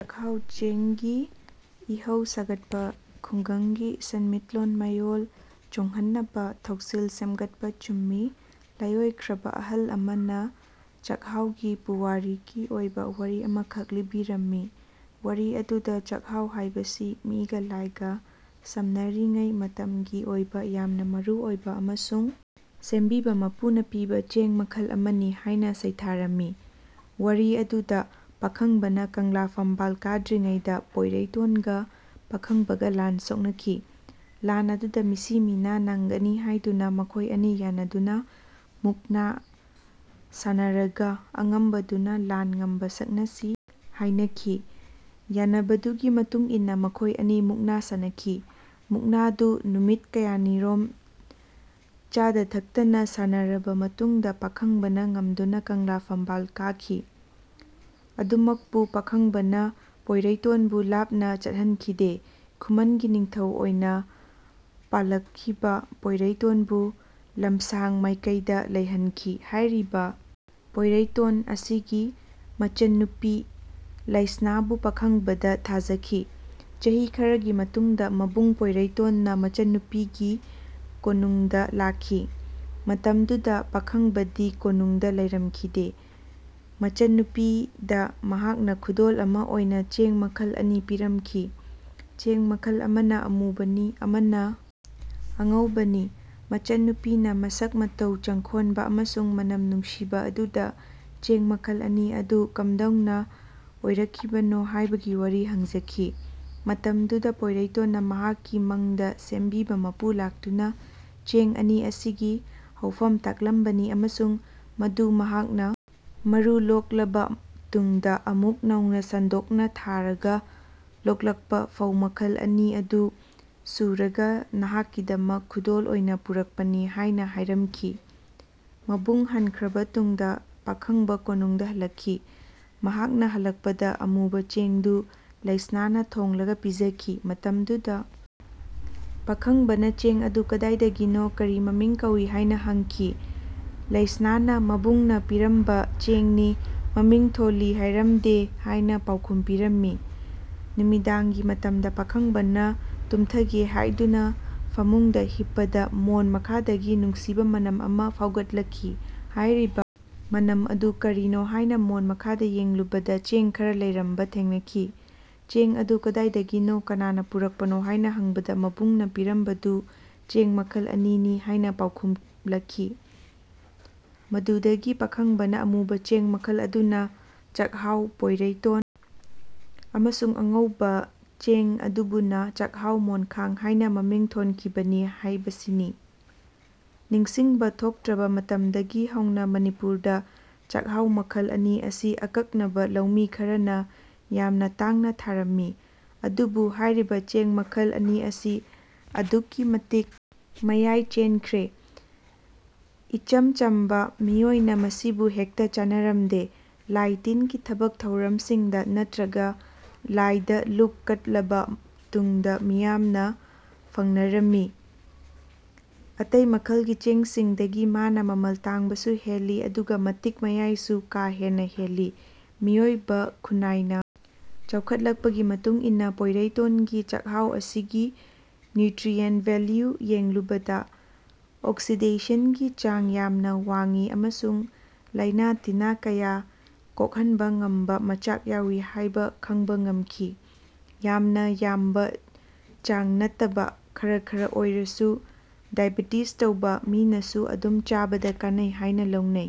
ꯆꯥꯛꯍꯥꯎ ꯆꯦꯡꯒꯤ ꯏꯍꯧ ꯁꯥꯒꯠꯄ ꯈꯨꯡꯒꯪꯒꯤ ꯁꯦꯟꯃꯤꯠꯂꯣꯟ ꯃꯌꯣꯜ ꯆꯣꯡꯍꯟꯅꯕ ꯊꯧꯁꯤꯜ ꯁꯦꯝꯒꯠꯄ ꯆꯨꯝꯃꯤ ꯂꯥꯏꯑꯣꯏꯈ꯭ꯔꯕ ꯑꯍꯜ ꯑꯃꯅ ꯆꯥꯛꯍꯥꯎꯒꯤ ꯄꯨꯋꯥꯔꯤꯒꯤ ꯑꯣꯏꯕ ꯋꯥꯔꯤ ꯑꯃꯈꯛ ꯂꯤꯕꯤꯔꯝꯃꯤ꯫ ꯋꯥꯔꯤ ꯑꯗꯨꯗ ꯆꯥꯛꯍꯥꯎ ꯍꯥꯏꯕꯁꯤ ꯃꯤꯒ ꯂꯥꯏꯒ ꯁꯝꯅꯔꯤꯉꯩ ꯃꯇꯝꯒꯤ ꯑꯣꯏꯕ ꯌꯥꯝꯅ ꯃꯔꯨ ꯑꯣꯏꯕ ꯑꯃꯁꯨꯡ ꯁꯦꯝꯕꯤꯕ ꯃꯄꯨꯅ ꯄꯤꯕ ꯆꯦꯡ ꯃꯈꯜ ꯑꯃꯅꯤ ꯍꯥꯏꯅ ꯁꯩꯊꯥꯔꯝꯃꯤ꯫ ꯋꯥꯔꯤ ꯑꯗꯨꯗꯤ ꯄꯥꯈꯪꯕꯅ ꯀꯪꯂꯥ ꯐꯝꯕꯥꯜ ꯀꯥꯗ꯭ꯔꯤꯉꯩꯗ ꯄꯣꯏꯔꯩꯇꯣꯟꯒ ꯄꯥꯈꯪꯕꯒ ꯂꯥꯟ ꯁꯣꯛꯅꯈꯤ꯫ ꯂꯥꯟ ꯑꯗꯨ ꯃꯤꯁꯤ ꯃꯤꯅꯥ ꯅꯪꯒꯅꯤ ꯍꯥꯏꯗꯨꯅ ꯃꯈꯣꯏ ꯑꯅꯤ ꯌꯥꯟꯅꯗꯨꯅ ꯃꯨꯛꯅ ꯁꯥꯟꯅꯔꯒ ꯑꯉꯝꯕꯗꯨꯅ ꯂꯥꯟ ꯉꯝꯕ ꯁꯛꯅꯁꯤ ꯍꯥꯏꯅꯈꯤ꯫ ꯌꯥꯅꯕꯗꯨꯒꯤ ꯃꯇꯨꯡ ꯏꯟꯅ ꯃꯈꯣꯏ ꯑꯅꯤ ꯃꯨꯛꯅ ꯁꯥꯟꯅꯈꯤ꯫ ꯃꯨꯛꯅꯥꯗꯨ ꯅꯨꯃꯤꯠ ꯀꯌꯥꯅꯤꯔꯣꯝ ꯆꯥꯗ-ꯊꯛꯇꯅ ꯁꯥꯟꯅꯔꯕ ꯃꯇꯨꯡꯗ ꯄꯥꯈꯪꯕꯅ ꯉꯝꯗꯨꯅ ꯀꯪꯂꯥ ꯐꯝꯕꯥꯜ ꯀꯥꯈꯤ꯫ ꯑꯗꯨꯃꯛꯄꯨ ꯄꯥꯈꯪꯕꯅ ꯄꯣꯏꯔꯩꯇꯣꯟꯕꯨ ꯂꯥꯞꯅ ꯆꯠꯍꯟꯈꯤꯗꯦ꯫ ꯈꯨꯃꯟꯒꯤ ꯅꯤꯡꯊꯧ ꯑꯣꯏꯅ ꯄꯥꯜꯂꯛꯈꯤꯕ ꯄꯣꯏꯔꯩꯇꯣꯟꯕꯨ ꯂꯝꯁꯥꯡ ꯃꯥꯏꯀꯩꯗ ꯂꯩꯍꯟꯈꯤ꯫ ꯍꯥꯏꯔꯤꯕ ꯄꯣꯏꯔꯩꯇꯣꯟ ꯑꯁꯤꯒꯤ ꯃꯆꯟꯅꯨꯄꯤ ꯂꯥꯏꯁꯅꯥꯕꯨ ꯄꯥꯈꯪꯕꯗ ꯊꯥꯖꯈꯤ꯫ ꯆꯍꯤ ꯈꯔꯒꯤ ꯇꯨꯡꯗ ꯃꯕꯨꯡ ꯄꯣꯏꯔꯩꯇꯣꯟꯅ ꯃꯆꯟꯅꯨꯄꯤꯒꯤ ꯀꯣꯅꯨꯡꯗ ꯂꯥꯛꯈꯤ꯫ ꯃꯇꯝꯗꯨꯗ ꯄꯥꯈꯪꯕꯗꯤ ꯀꯣꯅꯨꯡꯗ ꯂꯩꯔꯝꯈꯤꯗꯦ꯫ ꯃꯆꯟꯅꯨꯄꯤꯗ ꯃꯍꯥꯛꯅ ꯈꯨꯗꯣꯜ ꯑꯃ ꯑꯣꯏꯅ ꯆꯦꯡ ꯃꯈꯜ ꯑꯅꯤ ꯄꯤꯔꯝꯈꯤ꯫ ꯆꯦꯡ ꯃꯈꯜ ꯑꯃꯅ ꯑꯃꯨꯕꯅꯤ ꯑꯗꯨꯒ ꯑꯃꯅ ꯑꯉꯧꯕꯅꯤ꯫ ꯃꯆꯟꯅꯨꯄꯤꯅ ꯃꯁꯛ ꯃꯇꯧ ꯆꯪꯈꯣꯟꯕ ꯑꯃꯁꯨꯡ ꯃꯅꯝ ꯅꯨꯡꯁꯤꯕ ꯑꯗꯨꯗ ꯆꯦꯡ ꯃꯈꯜ ꯑꯅꯤ ꯑꯗꯨ ꯀꯝꯗꯧꯅ ꯑꯣꯏꯔꯛꯈꯤꯕꯅꯣ ꯍꯥꯏꯕꯒꯤ ꯋꯥꯔꯤ ꯍꯪꯖꯈꯤ꯫ ꯃꯇꯝꯗꯨꯗ ꯄꯣꯏꯔꯩꯇꯣꯟꯅ ꯃꯍꯥꯛꯀꯤ ꯃꯪꯗ ꯁꯦꯝꯕꯤꯕ ꯃꯄꯨ ꯂꯥꯛꯇꯨꯅ ꯆꯦꯡ ꯑꯅꯤ ꯑꯁꯤꯒꯤ ꯍꯧꯐꯝ ꯇꯥꯛꯂꯝꯕꯅꯤ ꯑꯃꯁꯨꯡ ꯃꯗꯨ ꯃꯍꯥꯛꯅ ꯃꯔꯨ ꯂꯣꯛꯂꯕ ꯇꯨꯡꯗ ꯑꯃꯨꯛ ꯅꯧꯅ ꯁꯟꯗꯣꯛꯅ ꯊꯥꯔꯒ ꯂꯣꯛꯂꯛꯄ ꯐꯧ ꯃꯈꯜ ꯑꯅꯤ ꯑꯗꯨ ꯁꯨꯔꯒ ꯅꯍꯥꯛꯀꯤꯗꯃꯛ ꯈꯨꯗꯣꯜ ꯑꯣꯏꯅ ꯄꯨꯔꯛꯄꯅꯤ ꯍꯥꯏꯅ ꯍꯥꯏꯔꯝꯈꯤ꯫ ꯃꯕꯨꯡ ꯍꯟꯈ꯭ꯔꯕ ꯇꯨꯡꯗ ꯄꯥꯈꯪꯕ ꯀꯣꯅꯨꯡꯗ ꯍꯜꯂꯛꯈꯤ꯫ ꯃꯍꯥꯛꯅ ꯍꯜꯂꯛꯄꯗ ꯑꯃꯨꯕ ꯆꯦꯡꯗꯨ ꯂꯥꯏꯁꯅꯥꯅ ꯊꯣꯡꯂꯒ ꯄꯤꯖꯈꯤ꯫ ꯃꯇꯝꯗꯨꯗ ꯄꯥꯈꯪꯕꯅ ꯆꯦꯡ ꯑꯗꯨ ꯀꯗꯥꯏꯗꯒꯤꯅꯣ ꯀꯔꯤ ꯃꯃꯤꯡ ꯀꯧꯏ ꯍꯥꯏꯅ ꯍꯪꯈꯤ꯫ ꯂꯥꯏꯁꯅꯥꯅ ꯃꯕꯨꯡꯅ ꯄꯤꯔꯝꯕ ꯆꯦꯡꯅꯤ, ꯃꯃꯤꯡ ꯊꯣꯜꯂꯤ ꯍꯥꯏꯔꯝꯗꯦ ꯍꯥꯏꯅ ꯄꯥꯎꯈꯨꯝ ꯄꯤꯔꯝꯃꯤ꯫ ꯅꯨꯃꯤꯗꯥꯡꯒꯤ ꯃꯇꯝꯗ ꯄꯥꯈꯪꯕꯅ ꯇꯨꯝꯊꯒꯦ ꯍꯥꯏꯗꯨꯅ ꯐꯃꯨꯡꯗ ꯍꯤꯞꯄꯗ ꯃꯣꯟ ꯃꯈꯥꯗꯒꯤ ꯅꯨꯡꯁꯤꯕ ꯃꯅꯝ ꯑꯃ ꯐꯥꯎꯒꯠꯂꯛꯈꯤ꯫ ꯍꯥꯏꯔꯤꯕ ꯃꯅꯝ ꯑꯗꯨ ꯀꯔꯤꯅꯣ ꯍꯥꯏꯅ ꯃꯣꯟ ꯃꯈꯥꯗ ꯌꯦꯡꯂꯨꯕꯗ ꯆꯦꯡ ꯈꯔ ꯂꯩꯔꯝꯕ ꯊꯦꯡꯅꯈꯤ꯫ ꯆꯦꯡ ꯑꯗꯨ ꯀꯗꯥꯏꯗꯒꯤꯅꯣ ꯀꯅꯥꯅꯥ ꯄꯨꯔꯛꯄꯅꯣ ꯍꯥꯏꯅ ꯍꯪꯕꯗ ꯃꯕꯨꯡꯅ ꯄꯤꯔꯝꯕꯗꯨ ꯆꯦꯡ ꯃꯈꯜ ꯑꯅꯤꯅꯤ ꯍꯥꯏꯅ ꯄꯥꯎꯈꯨꯝꯂꯛꯈꯤ꯫ ꯃꯗꯨꯗꯒꯤ ꯄꯥꯈꯪꯕꯅ ꯑꯃꯨꯕ ꯆꯦꯡ ꯃꯈꯜ ꯑꯗꯨꯅ ꯆꯥꯛꯍꯥꯎ ꯄꯣꯏꯔꯩꯇꯣꯟ ꯑꯃꯁꯨꯡ ꯑꯉꯧꯕ ꯆꯦꯡ ꯑꯗꯨꯕꯨꯅ ꯆꯥꯛꯍꯥꯎ ꯃꯣꯟꯈꯥꯡ ꯍꯥꯏꯅ ꯃꯃꯤꯡ ꯊꯣꯟꯈꯤꯕꯅꯤ ꯍꯥꯏꯕꯁꯤꯅꯤ꯫ ꯅꯤꯡꯁꯤꯡꯕ ꯊꯣꯛꯇ꯭ꯔꯕ ꯃꯇꯝꯗꯒꯤ ꯍꯧꯅ ꯃꯅꯤꯄꯨꯔꯗ ꯆꯥꯛꯍꯥꯎ ꯃꯈꯜ ꯑꯅꯤ ꯑꯁꯤ ꯑꯀꯛꯅꯕ ꯂꯧꯃꯤ ꯈꯔꯅ ꯌꯥꯝꯅ ꯇꯥꯡꯅ ꯊꯥꯔꯝꯃꯤ꯫ ꯑꯗꯨꯕꯨ ꯍꯥꯏꯔꯤꯕ ꯆꯦꯡ ꯃꯈꯜ ꯑꯅꯤ ꯑꯁꯤ ꯑꯗꯨꯛꯀꯤ ꯃꯇꯤꯛ ꯃꯌꯥꯏ ꯆꯦꯟꯈ꯭ꯔꯦ꯫ ꯏꯆꯝ ꯆꯝꯕ ꯃꯤꯑꯣꯏꯅ ꯃꯁꯤꯕꯨ ꯍꯦꯛꯇ ꯆꯥꯅꯔꯝꯗꯦ꯫ ꯂꯥꯏ-ꯇꯤꯟꯒꯤ ꯊꯕꯛ ꯊꯧꯔꯝꯁꯤꯡꯗ ꯅꯠꯇ꯭ꯔꯒ ꯂꯥꯏꯗ ꯂꯨꯛ ꯀꯠꯂꯕ ꯇꯨꯡꯗ ꯃꯌꯥꯝꯅ ꯐꯪꯅꯔꯝꯃꯤ꯫ ꯑꯇꯩ ꯃꯈꯜꯒꯤ ꯆꯦꯡꯁꯤꯡꯗꯒꯤ ꯃꯥꯅꯥ ꯃꯃꯜ ꯇꯥꯡꯕꯁꯨ ꯍꯦꯜꯂꯤ ꯑꯗꯨꯒ ꯃꯇꯤꯛ ꯃꯌꯥꯏꯁꯨ ꯀꯥ ꯍꯦꯟꯅ ꯍꯦꯜꯂꯤ꯫ ꯃꯤꯑꯣꯏꯕ ꯈꯨꯟꯅꯥꯏꯅ ꯆꯥꯎꯈꯠꯂꯛꯄꯒꯤ ꯃꯇꯨꯡ ꯏꯟꯅ ꯄꯣꯏꯔꯩꯇꯣꯟꯒꯤ ꯆꯥꯛꯍꯥꯎ ꯑꯁꯤꯒꯤ ꯅ꯭ꯌꯨꯇ꯭ꯔꯦꯟꯠ ꯚꯦꯂꯨ ꯌꯦꯡꯂꯨꯕꯗ ꯑꯣꯛꯁꯤꯗꯦꯁꯟꯒꯤ ꯆꯥꯡ ꯌꯥꯝꯅ ꯋꯥꯡꯏ ꯑꯃꯁꯨꯡ ꯂꯥꯏꯅ ꯇꯤꯟꯅ ꯀꯌꯥ ꯀꯣꯛꯍꯟꯕ ꯉꯝꯕ ꯃꯆꯥꯛ ꯌꯥꯎꯏ ꯍꯥꯏꯕ ꯈꯪꯕ ꯉꯝꯈꯤ꯫ ꯌꯥꯝꯅ ꯌꯥꯝꯕ ꯆꯥꯡ ꯅꯠꯇꯕ ꯈꯔ ꯈꯔ ꯑꯣꯏꯔꯒꯁꯨ ꯗꯥꯏꯕꯦꯇꯤꯁ ꯇꯧꯕ ꯃꯤꯅꯁꯨ ꯑꯗꯨꯝ ꯆꯥꯕꯗ ꯀꯥꯟꯅꯩ ꯍꯥꯏꯅ ꯂꯧꯅꯩ꯫